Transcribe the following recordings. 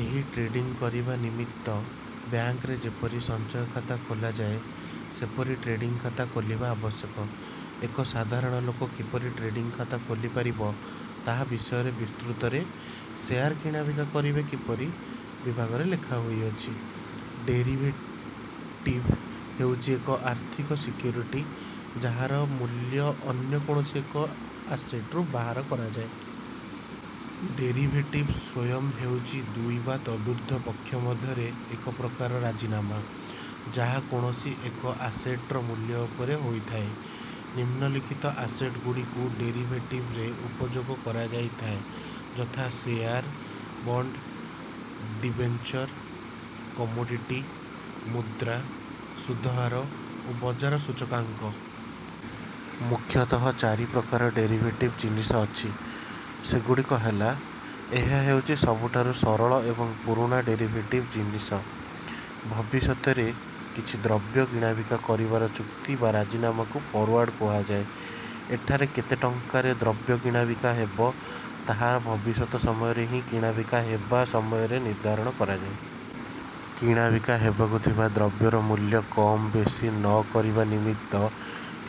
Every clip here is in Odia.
ଏହି ଟ୍ରେଡିଂ କରିବା ନିମିତ୍ତ ବ୍ୟାଙ୍କରେ ଯେପରି ସଞ୍ଚୟ ଖାତା ଖୋଲାଯାଏ, ସେପରି ଟ୍ରେଡିଂ ଖାତା ଖୋଲିବା ଆବଶ୍ୟକ। ଏକ ସାଧାରଣ ଲୋକ କିପରି ଟ୍ରେଡିଂ ଖାତା ଖୋଲିପାରିବ, ତାହା ବିଷୟରେ ବିସ୍ତୃତରେ "ଶେୟାର କିଣାବିକା କରିବେ କିପରି" ବିଭାଗରେ ଲେଖାହୋଇଛି। ଡେରିଭେଟିଭ ହେଉଛି ଏକ ଆର୍ଥିକ ସିକ୍ୟୁରିଟି, ଯାହାର ମୂଲ୍ୟ ଅନ୍ୟ କୌଣସି ଏକ ଆସେଟରୁ ବାହାର କରାଯାଇଥାଏ। ଡେରିଭେଟିଭ ସ୍ୱୟଂ ହେଉଛି ଦୁଇ ବା ତଦୂର୍ଦ୍ଧ୍ୱ ପକ୍ଷ ମଧ୍ୟରେ ଏକ ପ୍ରକାର ରାଜିନାମା, ଯାହା କୌଣସି ଏକ ଆସେଟର ମୂଲ୍ୟ ଉପରେ ହୋଇଥାଏ। ନିମ୍ନଲିଖିତ ଆସେଟଗୁଡ଼ିକୁ ଡେରିଭେଟିଭରେ ଉପଯୋଗ କରାଯାଇଥାଏ ଯଥା ଶେୟାର, ବଣ୍ଡ, ଡିବେଞ୍ଚର, କମୋଡିଟି, ମୁଦ୍ରା, ସୁଧହାର ଓ ବଜାର ସୂଚକାଙ୍କ। ମୁଖ୍ୟତଃ ଚାରି ପ୍ରକାରର ଡେରିଭେଟିଭ ଜିନିଷ ଅଛି। ସେଗୁଡ଼ିକ ହେଲା:ଏହା ହେଉଛି ସବୁଠାରୁ ସରଳ ଏବଂ ପୁରୁଣା ଡେରିଭେଟିଭ ଜିନିଷ। ଭବିଷ୍ୟତରେ କିଛି ଦ୍ରବ୍ୟ କିଣାବିକା କରିବାର ଚୁକ୍ତି ବା ରାଜିନାମାକୁ ଫରୱାର୍ଡ କୁହାଯାଇଥାଏ। ଏଠାରେ କେତେ ଟଙ୍କାରେ ଦ୍ରବ୍ୟ କିଣାବିକା ହେବ, ତାହା ଭବିଷ୍ୟତ ସମୟରେ ହିଁ କିଣାବିକା ହେବା ସମୟରେ ନିର୍ଦ୍ଧାରଣ କରାଯାଇଥାଏ। କିଣାବିକା ହେବାକୁ ଥିବା ଦ୍ରବ୍ୟର ମୂଲ୍ୟର କମ୍-ବେଶି ନ କରିବା ନିମିତ୍ତ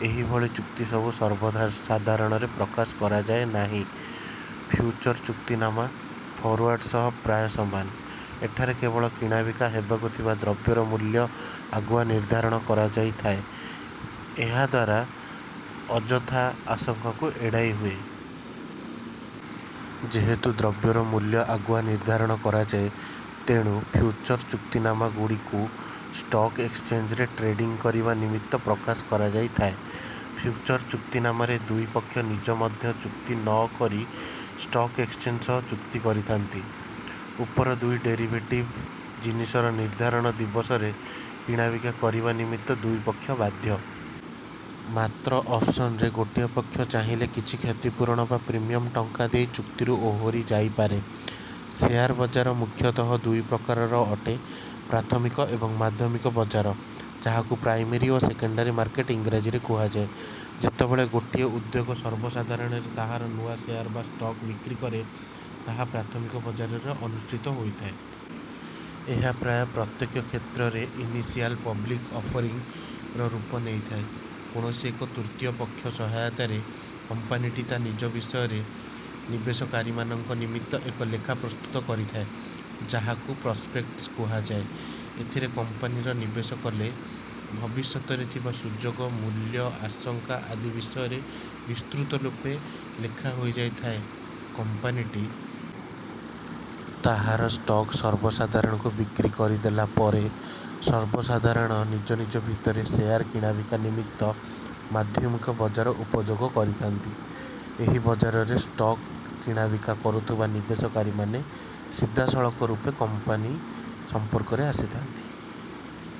ଏହିଭଳି ଚୁକ୍ତିସବୁ ସର୍ବସାଧାରଣରେ ପ୍ରକାଶ କରାଯାଏ ନାହିଁ। ଫ୍ୟୁଚର ଚୁକ୍ତିନାମା ଫରୱାର୍ଡ ସହ ପ୍ରାୟ ସମାନ, ଏଠାରେ କେବଳ କିଣାବିକା ହେବାକୁ ଥିବା ଦ୍ରବ୍ୟର ମୂଲ୍ୟ ଆଗୁଆ ନିର୍ଦ୍ଧାରଣ କରାଯାଇଥାଏ। ଏହାଦ୍ୱାରା ଅଯଥା ଆଶଙ୍କାକୁ ଏଡ଼ାଇହୁଏ। ଯେହେତୁ ଦ୍ରବ୍ୟର ମୂଲ୍ୟ ଆଗୁଆ ନିର୍ଦ୍ଧାରଣ କରାଯାଏ, ତେଣୁ ଫ୍ୟୁଚର ଚୁକ୍ତିନାମାଗୁଡ଼ିକୁ ଷ୍ଟକ୍ ଏକ୍ସଚେଞ୍ଜରେ ଟ୍ରେଡିଂ କରିବା ନିମିତ୍ତ ପ୍ରକାଶ କରାଯାଇଥାଏ। ଫ୍ୟୁଚର ଚୁକ୍ତିନାମାରେ ଦୁଇ ପକ୍ଷ ନିଜ ମଧ୍ୟରେ ଚୁକ୍ତି ନ କରି ଷ୍ଟକ୍ ଏକ୍ସଚେଞ୍ଜ ସହ ଚୁକ୍ତି କରିଥାନ୍ତି। ଉପର ଦୁଇ ଡେରିଭେଟିଭ ଜିନିଷରେ ନିର୍ଦ୍ଧାରିତ ଦିବସରେ କିଣାବିକା କରିବା ନିମିତ୍ତ ଦୁଇ ପକ୍ଷ ବାଧ୍ୟ। ମାତ୍ର ଅପସନରେ ଗୋଟିଏ ପକ୍ଷ ଚାହିଁଲେ କିଛି କ୍ଷତିପୂରଣ ବା ପ୍ରିମିୟମ ଟଙ୍କା ଦେଇ ଚୁକ୍ତିରୁ ଓହରି ଯାଇପାରେ। ଶେୟାର ବଜାର ମୁଖ୍ୟତଃ ଦୁଇ ପ୍ରକାରର ଅଟେ ପ୍ରାଥମିକ ଏବଂ ମାଧ୍ୟମିକ ବଜାର, ଯାହାକୁ ପ୍ରାଇମେରୀ ଓ ସେକେଣ୍ଡାରୀ ମାର୍କେଟ ଇଂରାଜୀରେ କୁହାଯାଏ। ଯେତେବେଳେ ଗୋଟିଏ ଉଦ୍ୟୋଗ ସର୍ବସାଧାରଣରେ ତାହାର ନୂଆ ଶେୟାର ବା ଷ୍ଟକ୍ ବିକ୍ରି କରେ, ତାହା ପ୍ରାଥମିକ ବଜାରରେ ଅନୁଷ୍ଠିତ ହୋଇଥାଏ। ଏହା ପ୍ରାୟ ପ୍ରତ୍ୟେକ କ୍ଷେତ୍ରରେ ଇନିସିଆଲ ପବ୍ଲିକ ଅଫରିଂ ର ରୂପ ନେଇଥାଏ। କୌଣସି ଏକ ତୃତୀୟ ପକ୍ଷର ସହାୟତାରେ, କମ୍ପାନୀଟି ତା' ନିଜ ବିଷୟରେ ନିବେଶକାରୀମାନଙ୍କ ନିମିତ୍ତ ଏକ ଲେଖା ପ୍ରସ୍ତୁତ କରିଥାଏ, ଯାହାକୁ ପ୍ରସପେକ୍ଟସ କୁହାଯାଇଥାଏ। ଏଥିରେ କମ୍ପାନୀରେ ନିବେଶ କଲେ ଭବିଷ୍ୟତରେ ଥିବା ସୁଯୋଗ, ମୂଲ୍ୟ, ଆଶଙ୍କା ଆଦି ବିଷୟରେ ବିସ୍ତୃତ ରୂପେ ଲେଖାହୋଇଥାଏ। କମ୍ପାନୀଟି ତାହାର ଷ୍ଟକ୍ ସର୍ବସାଧାରଣଙ୍କୁ ବିକ୍ରି କରିଦେଲା ପରେ, ସର୍ବସାଧାରଣ ନିଜ ନିଜ ଭିତରେ ଶେୟାର କିଣାବିକା ନିମିତ୍ତ ମାଧ୍ୟମିକ ବଜାର ଉପଯୋଗ କରିଥାନ୍ତି। ଏହି ବଜାରରେ ଷ୍ଟକ୍ କିଣାବିକା କରୁଥିବା ନିବେଶକାରୀମାନେ ସିଧାସଳଖ ରୂପେ କମ୍ପାନୀ ସମ୍ପର୍କରେ ଆସନ୍ତି